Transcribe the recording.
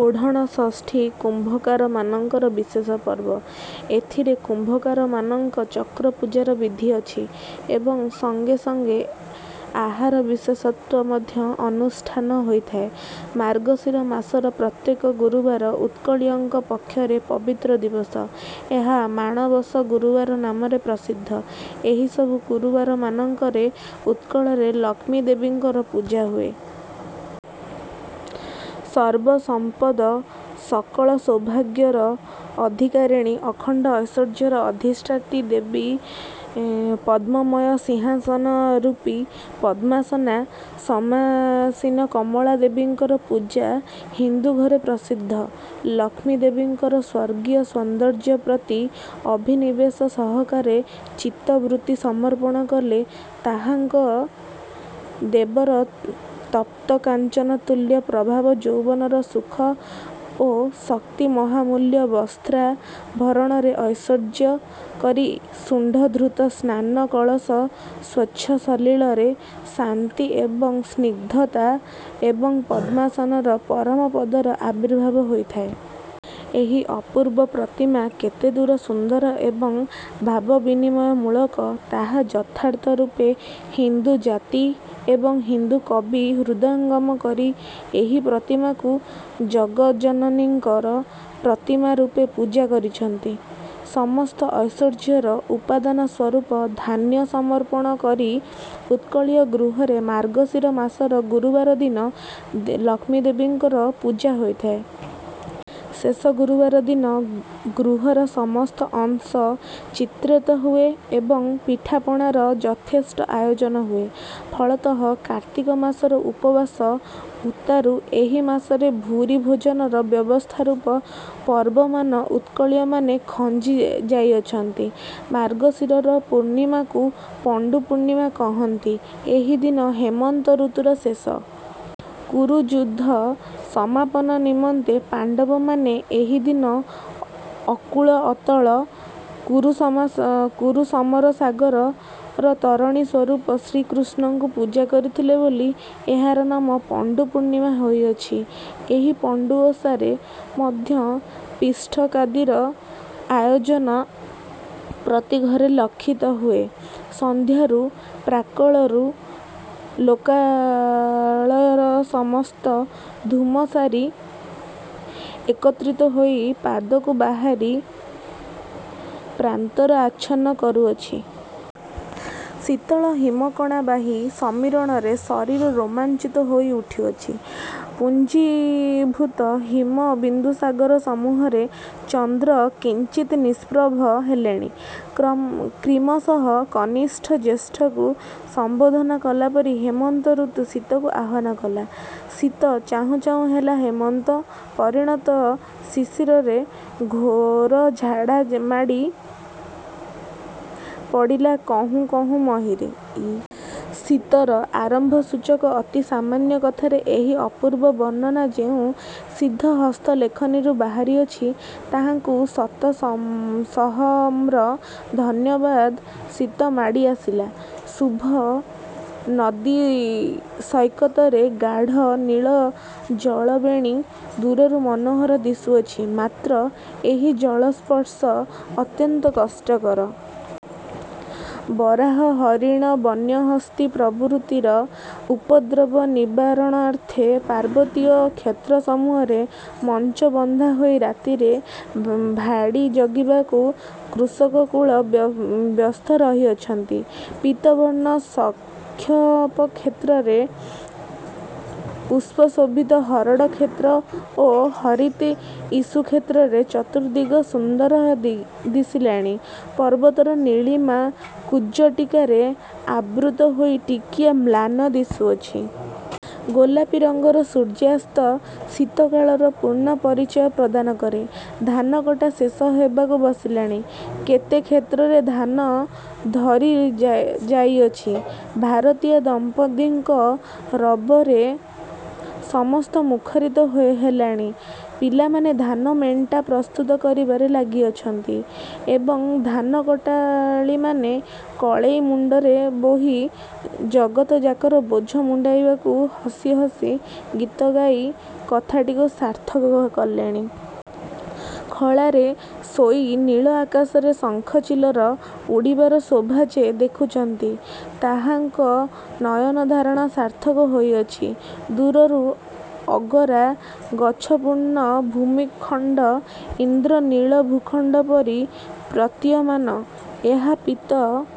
ଓଢ଼ଣ ଷଷ୍ଠୀ କୁମ୍ଭକାରକମାନଙ୍କର ବିଶେଷ ପର୍ବ। ଏଥିରେ କୁମ୍ଭକାରମାନଙ୍କ ଚକ୍ରପୂଜାର ବିଧି ଅଛି ଏବଂ ସଙ୍ଗେ ସଙ୍ଗେ ଆହାର ବିଶେଷତ୍ୱର ମଧ୍ୟ ଅନୁଷ୍ଠାନ ହୋଇଥାଏ। ମାର୍ଗଶିର ମାସର ପ୍ରତ୍ୟେକ ଗୁରୁବାର ଉତ୍କଳୀୟଙ୍କ ପକ୍ଷରେ ପବିତ୍ର ଦିବସ। ଏହା ମାଣ ବସ ଗୁରୁବାର ନାମରେ ପ୍ରସିଦ୍ଧ। ଏହି ସବୁ ଗୁରୁବାରମାନଙ୍କରେ ଉତ୍କଳରେ ଲକ୍ଷ୍ମୀଦେବୀଙ୍କର ପୂଜା ହୁଏ। ସର୍ବ ସମ୍ପଦ ସକଳ ସୌଭାଗ୍ୟର ଅଧିକାରିଣୀ, ଅଖଣ୍ଡ ଐଶ୍ୱର୍ଯ୍ୟର ଅଧିଷ୍ଠାତ୍ରୀ ଦେବତା, ପଦ୍ମମୟ ସିଂହାସନୋପରି ପଦ୍ମାସନ ସମାସୀନ କମଳା ଦେବୀଙ୍କର ପୂଜା ହିନ୍ଦୁ ଘରେ ପ୍ରସିଦ୍ଧ। ଲକ୍ଷ୍ମୀଦେବୀଙ୍କର ସ୍ୱର୍ଗୀୟ ସୌନ୍ଦର୍ଯ୍ୟ ପ୍ରତି ଅଭିନିବେଶ ସହକାରେ ଚିତ୍ତବୃତ୍ତି ସମର୍ପଣ କଲେ ତାହାଙ୍କ ଦେହର ତପ୍ତକାଞ୍ଚନତୁଲ୍ୟ ପ୍ରଭାରେ ଯୌବନର ସୁଖ ଓ ଶକ୍ତି ମହାମୂଲ୍ୟ ବସ୍ତ୍ରା ଭରଣରେ ଐଶ୍ୱର୍ଯ୍ୟ, କରି ଶୁଣ୍ଢ ଧୃତ ସ୍ନାନ କଳସର ସ୍ୱଚ୍ଛ ସଲିଳରେ ଶାନ୍ତି ଏବଂ ସ୍ନିଗ୍ଧତା ଏବଂ ପଦ୍ମାସନରେ ପରମପଦର ଆବିର୍ଭାବ ହୋଇଥାଏ। ଏହି ଅପୂର୍ବ ପ୍ରତିମା କେତେଦୂର ସୁନ୍ଦର ଏବଂ ଭାବାଭିନୟମୂଳକ, ତାହା ଯଥାର୍ଥରୂପେ ହିନ୍ଦୁ ଜାତି ଏବଂ ହିନ୍ଦୁ କବି ହୃଦୟଙ୍ଗମ କରି ଏହି ପ୍ରତିମାକୁ ଜଗଜ୍ଜନନୀଙ୍କର ପ୍ରତିମାରୂପେ ପୂଜା କରିଅଛନ୍ତି। ସମସ୍ତ ଐଶ୍ୱର୍ଯ୍ୟର ଉପାଦାନସ୍ୱରୂପ ଧାନ୍ୟ ସମର୍ପଣ କରି ଉତ୍କଳୀୟ ଗୃହରେ ମାର୍ଗଶୀର୍ଷ ମାସର ଗୁରୁବାର ଦିନ ଲକ୍ଷ୍ମୀଦେବୀଙ୍କର ପୂଜା ହୋଇଥାଏ। ଶେଷ ଗୁରୁବାର ଦିନ ଗୃହର ସମସ୍ତ ଅଂଶ ଚିତ୍ରିତ ହୁଏ ଏବଂ ପିଠାପଣାର ଯଥେଷ୍ଟ ଆୟୋଜନ ହୁଏ। ଫଳତଃ କାର୍ତ୍ତିକ ମାସର ଉପବାସ ଉତ୍ତାରୁ ଏହି ମାସରେ ଭୂରି ଭୋଜନର ବ୍ୟବସ୍ଥାରୂପ ପର୍ବମାନ ଉତ୍କଳୀୟମାନେ ଖଞ୍ଜି ଯାଇଅଛନ୍ତି। ମାର୍ଗଶିର ପୂର୍ଣ୍ଣିମାକୁ ପଣ୍ତୁ ପୂର୍ଣ୍ଣିମା କହନ୍ତି। ଏହି ଦିନ ହେମନ୍ତ ଋତୁର ଶେଷ। କୁରୁଯୁଦ୍ଧ ସମାପନାନ୍ତେ ପାଣ୍ତବମାନେ ଏହି ଦିନ ଅକୂଳ ଅତଳ କୁରୁସମରସାଗର''ର ତରଣୀସ୍ୱରୂପ ଶ୍ରୀକୃଷ୍ଣଙ୍କୁ ପୂଜା କରିଥିଲେ ବୋଲି ଏହାର ନାମ ପଣ୍ତୁ ପୂର୍ଣ୍ଣିମା ହୋଇଅଛି। ଏହି ପଣ୍ତୁ ଓଷାରେ ମଧ୍ୟ ପିଷ୍ଟକାଦିର ଆୟୋଜନ ପ୍ରତି ଘରେ ଲକ୍ଷିତ ହୁଏ। ସନ୍ଧ୍ୟାରୁ ପ୍ରାକ୍କାଳରୁ ଲୋକାଳୟର ସମସ୍ତ ଧୂମରାଶି ଏକତ୍ରିତ ହୋଇ ପଦାକୁ ବାହାରି ପ୍ରାନ୍ତର ଆଚ୍ଛନ୍ନ କରୁଅଛି। ଶୀତଳ ହିମ କଣା ବାହୀ ସମୀରଣରେ ଶରୀର ରୋମାଞ୍ଚିତ ହୋଇ ଉଠୁଅଛି। ପୁଞ୍ଜୀଭୁତ ହିମବିନ୍ଦୁସମୂହରେ ଚନ୍ଦ୍ର କିଞ୍ଚିତ୍ ନିଷ୍ପ୍ରଭ ହେଲେଣି। କ୍ରିମଶଃ କନିଷ୍ଠ ଜ୍ୟେଷ୍ଠକୁ ସମ୍ଭୋଧନ କଲା ପରି ହେମନ୍ତ ଋତୁ ଶୀତକୁ ଆହ୍ଵାନ କଲା। ଶୀତ। ଚାହୁଁ ଚାହୁଁ ହେଲା ହେମନ୍ତ ପରିଣତ ଶିଶିରେ ''ଘୋର ଜାଡ଼ ମାଡ଼ି ପଡ଼ିଲା କହୁଁ କହୁଁ ମହୀରେ। ଶୀତର ଆରମ୍ଭସୂଚକ ଅତି ସାମାନ୍ୟ କଥାରେ ଏହି ଅପୂର୍ବ ବର୍ଣ୍ଣନା ଯେଉଁ ସିଦ୍ଧ ହସ୍ତ ଲେଖନୀରୁ ବାହାରିଅଛି, ତାହାଙ୍କୁ ଶତ ସହମ୍ର ଧନ୍ୟବାଦ ଶୀତ ମାଡ଼ି ଆସିଲା। ଶୁଭ୍ର ନଦୀସୈକତରେ ଗାଢ଼ ନୀଳ ଜଳ ବେଣୀ ଦୂରରୁ ମନୋହର ଦିଶୁଅଛି, ମାତ୍ର ଏହି ଜଳସ୍ପର୍ଶ ଅତ୍ୟନ୍ତ କଷ୍ଟକର। ବରାହ, ହରିଣ, ବନ୍ୟହସ୍ତୀ ପ୍ରଭୃତିର ଉପଦ୍ରବ ନିବାରଣାର୍ଥ ପାର୍ବତୀୟ କ୍ଷେତ୍ରସମୂହରେ ମଞ୍ଚ ବନ୍ଧା ହୋଇ ରାତିରେ ''ଭାଡ଼ି ଜଗିବାକୁ'' କୃଷକକୁଳ ବ୍ୟସ୍ତ ରହିଅଛନ୍ତି। ପୀତବର୍ଣ୍ଣ ସର୍ଷପକ୍ଷେତ୍ର ପୁଷ୍ପଶୋଭିତ ହରଡ଼କ୍ଷେତ୍ର ଓ ହରିତ୍ ଇକ୍ଷୁକ୍ଷେତ୍ରରେ ଚତୁର୍ଦିଗ ସୁନ୍ଦର ଦିଣିଲାଣି। ପର୍ବତର ନୀଳିମା କୁଜ୍ଝଟିକାରେ ଆବୃତ ହୋଇ ଟିକିଏ ମ୍ଳାନ ଦିଶୁଅଛି! ଗୋଲାପୀ ରଙ୍ଗର ସୂର୍ଯ୍ୟାସ୍ତ ଶୀତ କାଳର ପୂର୍ଣ୍ଣ ପରିଚୟ ପ୍ରଦାନ କରେ। ଧାନ କଟା ଶେଷ ହେବାକୁ ବସିଲାଣି। କେତେ କ୍ଷେତ୍ରରେ ଧାନ ରହି ଯାଇଅଛି। ଭରତିଆ ଦମ୍ପତୀଙ୍କ ରବରେ ସମସ୍ତ ମୁଖରିତ ହେଲାଣି। ପିଲାମାନେ ଧାନ ମେଣ୍ଟା ପ୍ରସ୍ତୁତ କରିବାରେ ଲାଗିଅଛନ୍ତି ଏବଂ ଧାନକଟାଳିମାନେ କଳେଇ ମୁଣ୍ତରେ ବୋହି ''ଜଗତଯାକର ବୋଝ ମୁଣ୍ତାଇଛୁ ହସି ହସି ଗୀତ ଗାଇ'' କଥାଟିକୁ ସାର୍ଥକ କଲେଣି। ଖଳାରେ ଶୋଇ ନୀଳ ଆକାଶରେ ଶଙ୍ଖଚିଲର ଉଡ଼ିବାର ଶୋଭା ଯେ ଦେଖିଅଛନ୍ତି, ତାହାଙ୍କ ନୟନଧାରଣ ସାର୍ଥକ ହୋଇଅଛି। ଦୂରରୁ ଅଗରା। ଗଛପୂର୍ଣ୍ଣ ଭୂମିଖଣ୍ତ ଇନ୍ଦ୍ର ନୀଳ ଭୂଖଣ୍ତ ପରି ପ୍ରତୀୟମାନ। ଏହାର ପୀତ--